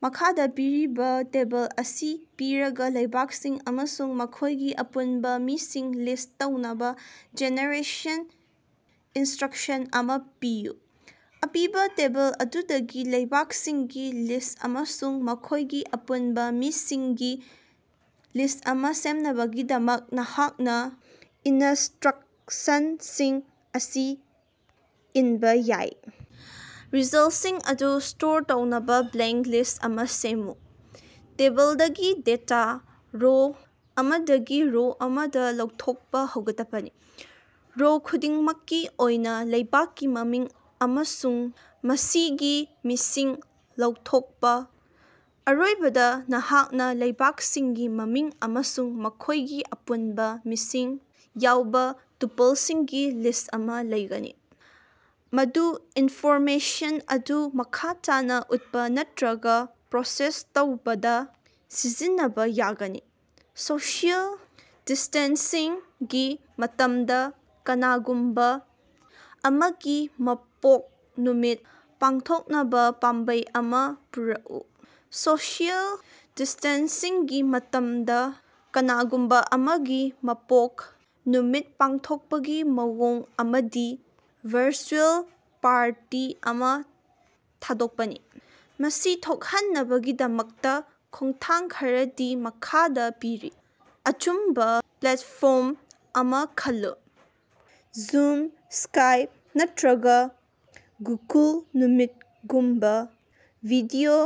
ꯃꯈꯥꯗ ꯄꯤꯔꯤꯕ ꯇꯦꯕꯜ ꯑꯁꯤ ꯄꯤꯔꯒ ꯂꯩꯕꯥꯛꯁꯤꯡ ꯑꯃꯁꯨꯡ ꯃꯈꯣꯏꯒꯤ ꯑꯄꯨꯟꯕ ꯃꯤꯁꯤꯡ ꯂꯤꯁ ꯇꯧꯅꯕ ꯖꯦꯅꯦꯔꯦꯁꯟ ꯏꯟꯁꯇ꯭ꯔꯛꯁꯟ ꯑꯃ ꯄꯤꯌꯨ꯫ ꯑꯄꯤꯕ ꯇꯦꯕꯜ ꯑꯗꯨꯗꯒꯤ ꯂꯩꯕꯥꯛꯁꯤꯡꯒꯤ ꯂꯤꯁ ꯑꯃꯁꯨꯡ ꯃꯈꯣꯏꯒꯤ ꯑꯄꯨꯟꯕ ꯃꯤꯁꯤꯡꯒꯤ ꯂꯤꯁ ꯑꯃ ꯁꯦꯝꯅꯕꯒꯤꯗꯃꯛ ꯅꯍꯥꯛꯅ ꯏꯅꯁꯇ꯭ꯔꯛꯁꯟꯁꯤꯡ ꯑꯁꯤ ꯏꯟꯕ ꯌꯥꯏ ꯔꯤꯖꯜꯇꯁꯤꯡ ꯑꯗꯨ ꯁ꯭ꯇꯣꯔ ꯇꯧꯅꯕꯥ ꯕ꯭ꯂꯦꯡ ꯂꯤꯁ ꯑꯃꯥ ꯁꯦꯝꯃꯨ꯫ ꯇꯦꯕꯜꯗꯒꯤ ꯗꯦꯇꯥ ꯔꯣ ꯑꯃꯗꯒꯤ ꯔꯣ ꯑꯃꯗꯥ ꯂꯧꯊꯣꯛꯄ ꯍꯧꯒꯗꯕꯅꯤ꯫ ꯔꯣ ꯈꯨꯗꯤꯡꯃꯛꯀꯤ ꯑꯣꯏꯅꯥ ꯂꯩꯕꯥꯛꯀꯤ ꯃꯃꯤꯡ ꯑꯃꯁꯨꯡ ꯃꯁꯤꯒꯤ ꯃꯤꯁꯤꯡ ꯂꯧꯊꯣꯛꯄ꯫ ꯑꯔꯣꯏꯕꯗ ꯅꯍꯥꯛꯅ ꯂꯩꯕꯥꯛꯁꯤꯡꯒꯤ ꯃꯃꯤꯡ ꯑꯃꯁꯨꯡ ꯃꯈꯣꯏꯒꯤ ꯑꯄꯨꯟꯕ ꯃꯤꯁꯤꯡ ꯌꯥꯎꯕ ꯇꯨꯄꯜꯁꯤꯡꯒꯤ ꯂꯤꯁ ꯑꯃꯥ ꯂꯩꯒꯅꯤ ꯃꯗꯨ ꯏꯟꯐꯣꯔꯃꯦꯁꯟ ꯑꯗꯨ ꯃꯈꯥ ꯇꯥꯅ ꯎꯠꯄ ꯅꯠꯇ꯭ꯔꯒ ꯄ꯭ꯔꯣꯁꯦꯁ ꯇꯧꯕꯗ ꯁꯤꯖꯤꯟꯅꯕ ꯌꯥꯒꯅꯤ꯫ ꯁꯣꯁꯤꯑꯦꯜ ꯗꯤꯁ꯭ꯇꯦꯟꯁꯤꯡꯒꯤ ꯃꯇꯝꯗ ꯀꯅꯥꯒꯨꯝꯕ ꯑꯃꯒꯤ ꯃꯄꯣꯛ ꯅꯨꯃꯤꯠ ꯄꯥꯡꯊꯣꯛꯅꯕ ꯄꯥꯝꯕꯩ ꯑꯃꯥ ꯄꯨꯔꯛꯎ꯫ ꯁꯣꯁꯤꯑꯦꯜ ꯗꯤꯁ꯭ꯇꯦꯟꯁꯤꯡꯒꯤ ꯃꯇꯝꯗ ꯀꯅꯥꯒꯨꯝꯕ ꯑꯃꯒꯤ ꯃꯄꯣꯛ ꯅꯨꯃꯤꯠ ꯄꯥꯡꯊꯣꯛꯄꯒꯤ ꯃꯑꯣꯡ ꯑꯃꯗꯤ ꯚꯔꯆꯨꯑꯦꯜ ꯄꯥꯔꯇꯤ ꯑꯃ ꯊꯥꯗꯣꯛꯄꯅꯤ꯫ ꯃꯁꯤ ꯊꯣꯛꯍꯟꯅꯕꯒꯤꯗꯃꯛꯇ ꯈꯣꯡꯊꯥꯡ ꯈꯔꯗꯤ ꯃꯈꯥꯗꯥ ꯄꯤꯔꯤ ꯑꯆꯨꯝꯕꯥ ꯄ꯭ꯂꯦꯇꯐꯣꯔꯝ ꯑꯃꯥ ꯈꯜꯂꯨ ꯖꯨꯝ ꯁ꯭ꯀꯥꯏꯞ ꯅꯠꯇ꯭ꯔꯒ ꯒꯨꯒꯜ ꯃꯤꯇꯒꯨꯝꯕ ꯚꯤꯗꯤꯑꯣ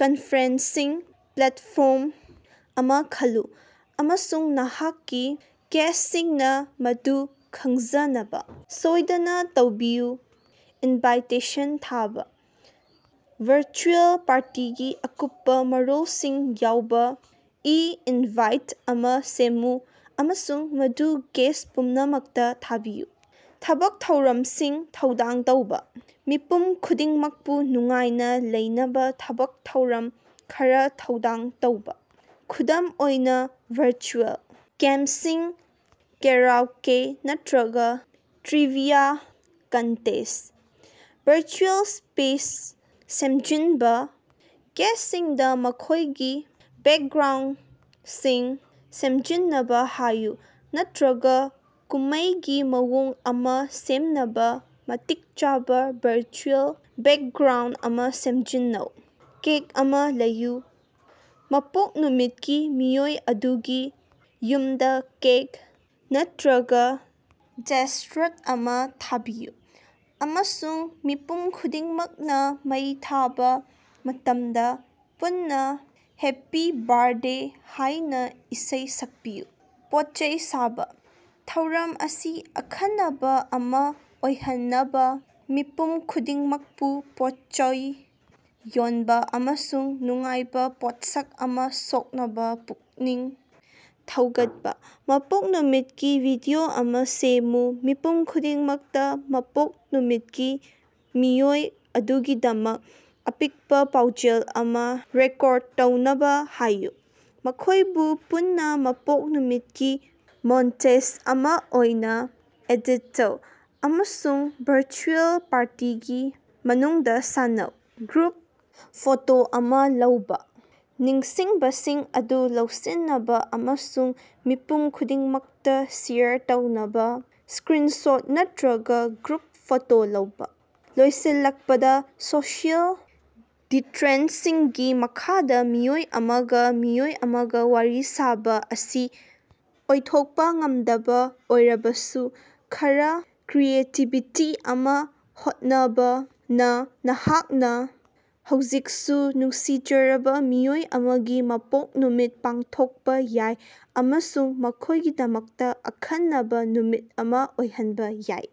ꯀꯟꯐꯔꯦꯟꯁꯤꯡ ꯄ꯭ꯂꯦꯇꯐꯣꯔꯝ ꯑꯃ ꯈꯜꯂꯨ ꯑꯃꯁꯨꯡ ꯅꯍꯥꯛꯀꯤ ꯒꯦꯁ꯭ꯇꯁꯤꯡꯅꯥ ꯃꯗꯨ ꯈꯪꯖꯅꯕꯥ ꯁꯣꯏꯗꯅ ꯇꯧꯕꯤꯌꯨ꯫ ꯏꯟꯚꯥꯏꯇꯦꯁꯟ ꯊꯥꯕ ꯚꯔꯆꯨꯑꯦꯜ ꯄꯥꯔꯇꯤꯒꯤ ꯑꯀꯨꯞꯄꯥ ꯃꯔꯣꯜꯁꯤꯡ ꯌꯥꯎꯕ ꯏ ꯏꯟꯚꯥꯏꯠ ꯑꯃꯥ ꯁꯦꯝꯃꯨ ꯑꯃꯁꯨꯡ ꯃꯗꯨ ꯒꯦꯁ ꯄꯨꯝꯅꯃꯛꯇ ꯊꯥꯕꯤꯌꯨ꯫ ꯊꯕꯛ ꯊꯧꯔꯝꯁꯤꯡ ꯊꯧꯔꯥꯡ ꯇꯧꯕ ꯃꯤꯄꯨꯝ ꯈꯨꯗꯤꯡꯃꯛꯄꯨ ꯅꯨꯡꯉꯥꯏꯅ ꯂꯩꯅꯕ ꯊꯕꯛ ꯊꯧꯔꯝ ꯈꯔꯥ ꯊꯧꯗꯥꯡ ꯇꯧꯕ ꯈꯨꯗꯝ ꯑꯣꯏꯅ ꯚꯔꯆꯨꯑꯦꯜ ꯒꯦꯝꯁꯤꯡ ꯀꯦꯔꯥꯎꯀꯦ ꯅꯠꯇ꯭ꯔꯒ ꯇ꯭ꯔꯤꯕꯤꯌꯥ ꯀꯟꯇꯦꯁ꯫ ꯚꯔꯆꯨꯑꯦꯜ ꯁ꯭ꯄꯦꯁ ꯁꯦꯝꯖꯤꯟꯕ ꯒꯦꯁ꯭ꯇꯁꯤꯡꯗ ꯃꯈꯣꯏꯒꯤ ꯕꯦꯛꯒ꯭ꯔꯥꯎꯟꯗꯁꯤꯡ ꯁꯦꯝꯖꯤꯟꯅꯕ ꯍꯥꯏꯌꯨ ꯅꯠꯇ꯭ꯔꯒꯥ ꯀꯨꯝꯃꯩꯒꯤ ꯃꯑꯣꯡ ꯑꯃꯥ ꯁꯦꯝꯅꯕꯥ ꯃꯇꯤꯛ ꯆꯥꯕ ꯚꯔꯆꯨꯑꯦꯜ ꯕꯦꯛꯒ꯭ꯔꯥꯎꯟꯗ ꯑꯃꯥ ꯁꯤꯖꯤꯟꯅꯧ꯫ ꯀꯦꯛ ꯑꯃꯥ ꯂꯩꯌꯨ ꯃꯄꯣꯛ ꯅꯨꯃꯤꯠꯀꯤ ꯃꯤꯑꯣꯏ ꯑꯗꯨꯒꯤ ꯌꯨꯝꯗꯥ ꯀꯦꯛ ꯅꯠꯇ꯭ꯔꯒꯥ ꯗꯦꯁꯔꯠ ꯑꯃꯥ ꯊꯥꯕꯤꯌꯨ ꯑꯃꯁꯨꯡ ꯃꯤꯄꯨꯝ ꯈꯨꯗꯤꯡꯃꯛꯅ ꯃꯩ ꯊꯥꯕ ꯃꯇꯝꯗ ꯄꯨꯟꯅ ꯍꯦꯞꯄꯤ ꯕ꯭ꯔꯥꯗꯦ ꯍꯥꯏꯅꯥ ꯏꯁꯩ ꯁꯛꯄꯤꯌꯨ꯫ ꯄꯣꯠꯆꯩ ꯁꯥꯕ ꯊꯧꯔꯝ ꯑꯁꯤ ꯑꯈꯟꯅꯕ ꯑꯃ ꯑꯣꯏꯍꯟꯅꯕ ꯃꯤꯄꯨꯝ ꯈꯨꯗꯤꯡꯃꯛꯄꯨ ꯄꯣꯠꯆꯩ ꯌꯣꯟꯕ ꯑꯃꯁꯨꯡ ꯅꯨꯡꯉꯥꯏꯕ ꯄꯣꯠꯁꯛ ꯑꯃ ꯁꯣꯛꯅꯕ ꯄꯨꯛꯅꯤꯡ ꯊꯧꯒꯠꯄ꯫ ꯃꯄꯣꯛ ꯅꯨꯃꯤꯠꯀꯤ ꯚꯤꯗꯤꯑꯣ ꯑꯃ ꯁꯦꯝꯃꯨ ꯃꯤꯄꯨꯝ ꯈꯨꯗꯤꯡꯃꯛꯇ ꯃꯄꯣꯛ ꯅꯨꯃꯤꯠꯀꯤ ꯃꯤꯑꯣꯏ ꯑꯗꯨꯒꯤꯗꯃꯛ ꯑꯄꯤꯛꯄꯥ ꯄꯥꯎꯖꯦꯜ ꯑꯃꯥ ꯔꯦꯀꯣꯔꯗ ꯇꯧꯅꯕꯥ ꯍꯥꯏꯌꯨ ꯃꯈꯣꯏꯕꯨ ꯄꯨꯟꯅ ꯃꯄꯣꯛ ꯅꯨꯃꯤꯠꯀꯤ ꯃꯣꯟꯇꯦꯖ ꯑꯃꯥ ꯑꯣꯏꯅꯥ ꯑꯦꯗꯦꯠ ꯇꯧ ꯑꯃꯁꯨꯡ ꯚꯔꯆꯨꯑꯦꯜ ꯄꯥꯔꯇꯤꯒꯤ ꯃꯅꯨꯡꯗ ꯁꯥꯟꯅꯧ꯫ ꯒ꯭ꯔꯨꯞ ꯐꯣꯇꯣ ꯑꯃ ꯂꯧꯕ ꯅꯤꯡꯁꯤꯡꯕꯁꯤꯡ ꯑꯗꯨ ꯂꯧꯁꯤꯟꯅꯕ ꯑꯃꯁꯨꯡ ꯃꯤꯄꯨꯝ ꯈꯨꯗꯤꯡꯃꯛꯇ ꯁꯦꯌꯔ ꯇꯧꯅꯕ ꯏꯁ꯭ꯀꯔꯤꯟꯁꯣꯠ ꯅꯠꯇ꯭ꯔꯒ ꯒ꯭ꯔꯨꯞ ꯐꯣꯇꯣ ꯂꯧꯕ꯫ ꯂꯣꯏꯁꯤꯜꯂꯛꯄꯗ ꯁꯣꯁꯤꯑꯦꯜ ꯗꯤꯇꯦꯟꯁꯤꯡꯒꯤ ꯃꯈꯥꯗ ꯃꯤꯑꯣꯏ ꯑꯃꯒ ꯃꯤꯑꯣꯏ ꯑꯃꯒ ꯋꯥꯔꯤ ꯁꯥꯕ ꯑꯁꯤ ꯑꯣꯏꯊꯣꯛꯄ ꯉꯃꯗꯕ ꯑꯣꯏꯔꯕꯁꯨ ꯈꯔꯥ ꯀ꯭ꯔꯤꯌꯦꯇꯤꯕꯤꯇꯤ ꯑꯃꯁꯨꯡ ꯍꯣꯠꯅꯕꯅ ꯅꯍꯥꯛꯅ ꯍꯧꯖꯤꯛꯁꯨ ꯅꯨꯡꯁꯤꯖꯔꯕ ꯃꯤꯑꯣꯏ ꯑꯃꯒꯤ ꯃꯄꯣꯛ ꯅꯨꯃꯤꯠ ꯄꯥꯡꯊꯣꯛꯄꯥ ꯌꯥꯏ ꯑꯃꯁꯨꯡ ꯃꯈꯣꯏꯒꯤꯗꯃꯛꯇ ꯑꯈꯟꯅꯕ ꯅꯨꯃꯤꯠ ꯑꯃ ꯑꯣꯏꯍꯟꯕ ꯌꯥꯏ꯫।